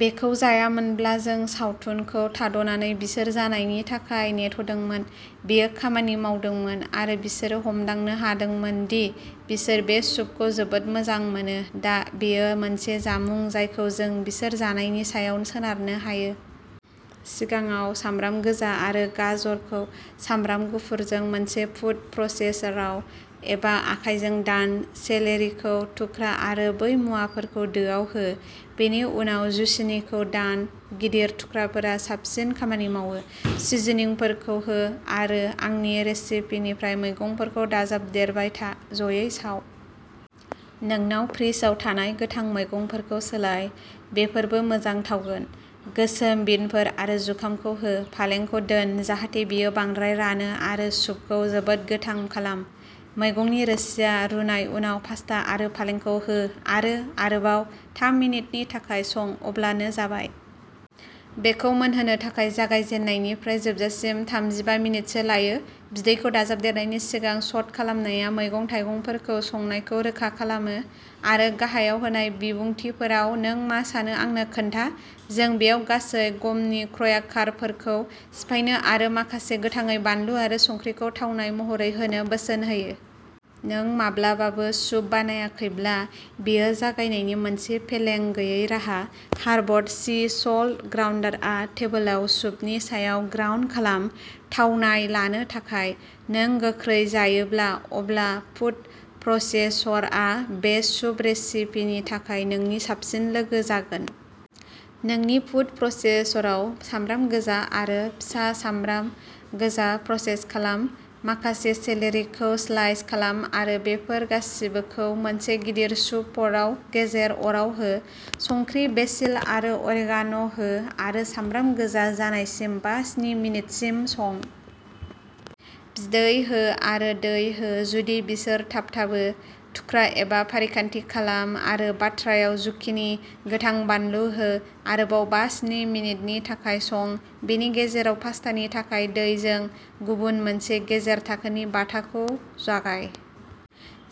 बेखौ जायामोनब्ला जों सावथुनखौ थाद'नानै बिसोर जानायनि थाखाय नेथ'दोंमोन। बेयो खामानि मावदोंमोन, आरो बिसोरो हमदांनो हादोंमोन दि बिसोर बे सुपखौ जोबोद मोजां मोनो, दा बेयो मोनसे जामुं जायखौ जों बिसोर जानायनि सायाव सोनारनो हायो। सिगाङाव सामब्राम गोजा आरो गाजरखौ सामब्राम गुफुरजों, मोनसे फुद प्रसेसराव, एबा आखायजों दान। सेलेरिखौ थुख्रा आरो बै मुवाफोरखौ दोआव हो। बेनि उनाव जुचिनीखौ दान। गिदिर थुख्राफोरा साबसिन खामानि मावो। सिजनिंफोरखौ हो, आरो आंनि रेसिपिनिफ्राय मैगंफोरखौ दाजाबदेरबाय था, ज'यै साव। नोंनाव फ्रिजआव थानाय गोथां मैगंफोरखौ सोलाय, बेफोरबो मोजां थावगोन। गोसोम बिनफोर आरो जुखामखौ हो। पालेंखौ दोन, जाहाथे बेयो बांद्राय रानो आरो सुपखौ जोबोद गोथां खालाम। मैगंनि रोसिआ रुनाय उनाव पास्ता आरो पालेंखौ हो आरो आरोबाव थाम मिनिटनि थाखाय सं अब्लानो जाबाय। बेखौ मोनहोनो थाखाय जागायजेननायनिफ्राय जोबजासिम थामजिबा मिनिटसो लायो। बिदैखौ दाजाबदेरनायनि सिगां स'ट खालामनाया मैगं-थाइगंफोरखौ संनायखौ रोखा खालामो। आरो गाहायाव होनाय बिबुंथिफोराव नों मा सानो आंनो खोन्था। जों बेयाव गासै गमनि क्र्याकारफोरखौ सिफायनो आरो माखासे गोथाङै बानलु आरो संख्रिखौ थावनाय महरै होनो बोसोन होयो। नों माब्लाबाबो सुप बानायाखैब्ला, बेयो जागायनायनि मोनसे फेलें गैयै राहा। हार्बड सी सल्ट ग्राइन्डारआ टेबोलाव सुपनि सायाव ग्राइन्ड खालाम, थावनाय लानो थाखाय। नों गोख्रै जायोब्ला, अब्ला फुद प्रसेसरआ बे सुप रेसिपिनि थाखाय नोंनि साबसिन लोगो जागोन। नोंनि फुद प्रसेसराव सामब्राम गोजा आरो फिसा सामब्राम गोजा प्रसेस खालाम। माखासे सेलेरिखौ स्लाइस खालाम आरो बेफोर गासिबोखौ मोनसे गिदिर सुप पटआव गेजेर अराव हो। संख्रि, बेसिल आरो अरेगान' हो आरो सामब्राम गोजा जानायसिम बा- स्नि मिनिटसिम सं। बिदै हो आरो दै हो, जुदि बिसोर थाबथाबो। थुख्रा एबा फारिखान्थि खालाम आरो बाथ्रायाव जुकिनि, गोथां बानलु हो। आरोबाव बा- स्नि मिनिटनि थाखाय सं। बेनि गेजेराव, पास्तानि थाखाय दैजों गुबुन मोनसे गेजेर-थाखोनि बाथाखौ जागाय।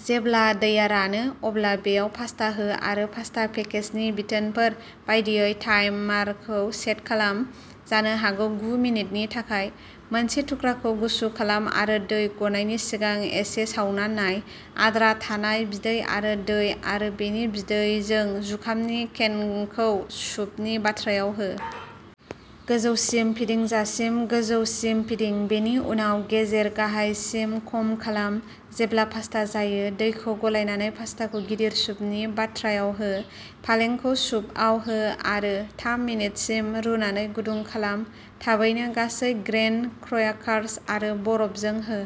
जेब्ला दैया रानो, अब्ला बेयाव पास्ता हो आरो पास्ता पेकेजनि बिथोनफोर बायदियै टाइमारखौ सेट खालाम। जानो हागौ गु मिनिटनि थाखाय। मोनसे थुख्राखौ गुसु खालाम आरो दै गनायनि सिगां एसे सावना नाय। आद्रा थानाय बिदै आरो दै आरो बेनि बिदैजों जुखामनि केनखौ सुपनि बाथ्रायाव हो। गोजौसिम फिदिंजासिम गोजौसिम फिदिं, बेनि उनाव गेजेर गाहायसिम खम खालाम। जेब्ला पास्ता जायो, दैखौ गलायनानै पास्टाखौ गिदिर सुपनि बाथ्रायाव हो। पालेंखौ सुपआव हो आरो थाम मिनिटसिम रुनानै गुदुं खालाम। थाबैनो गासै ग्रेइन क्र्याकार्स आरो बरफजों हो।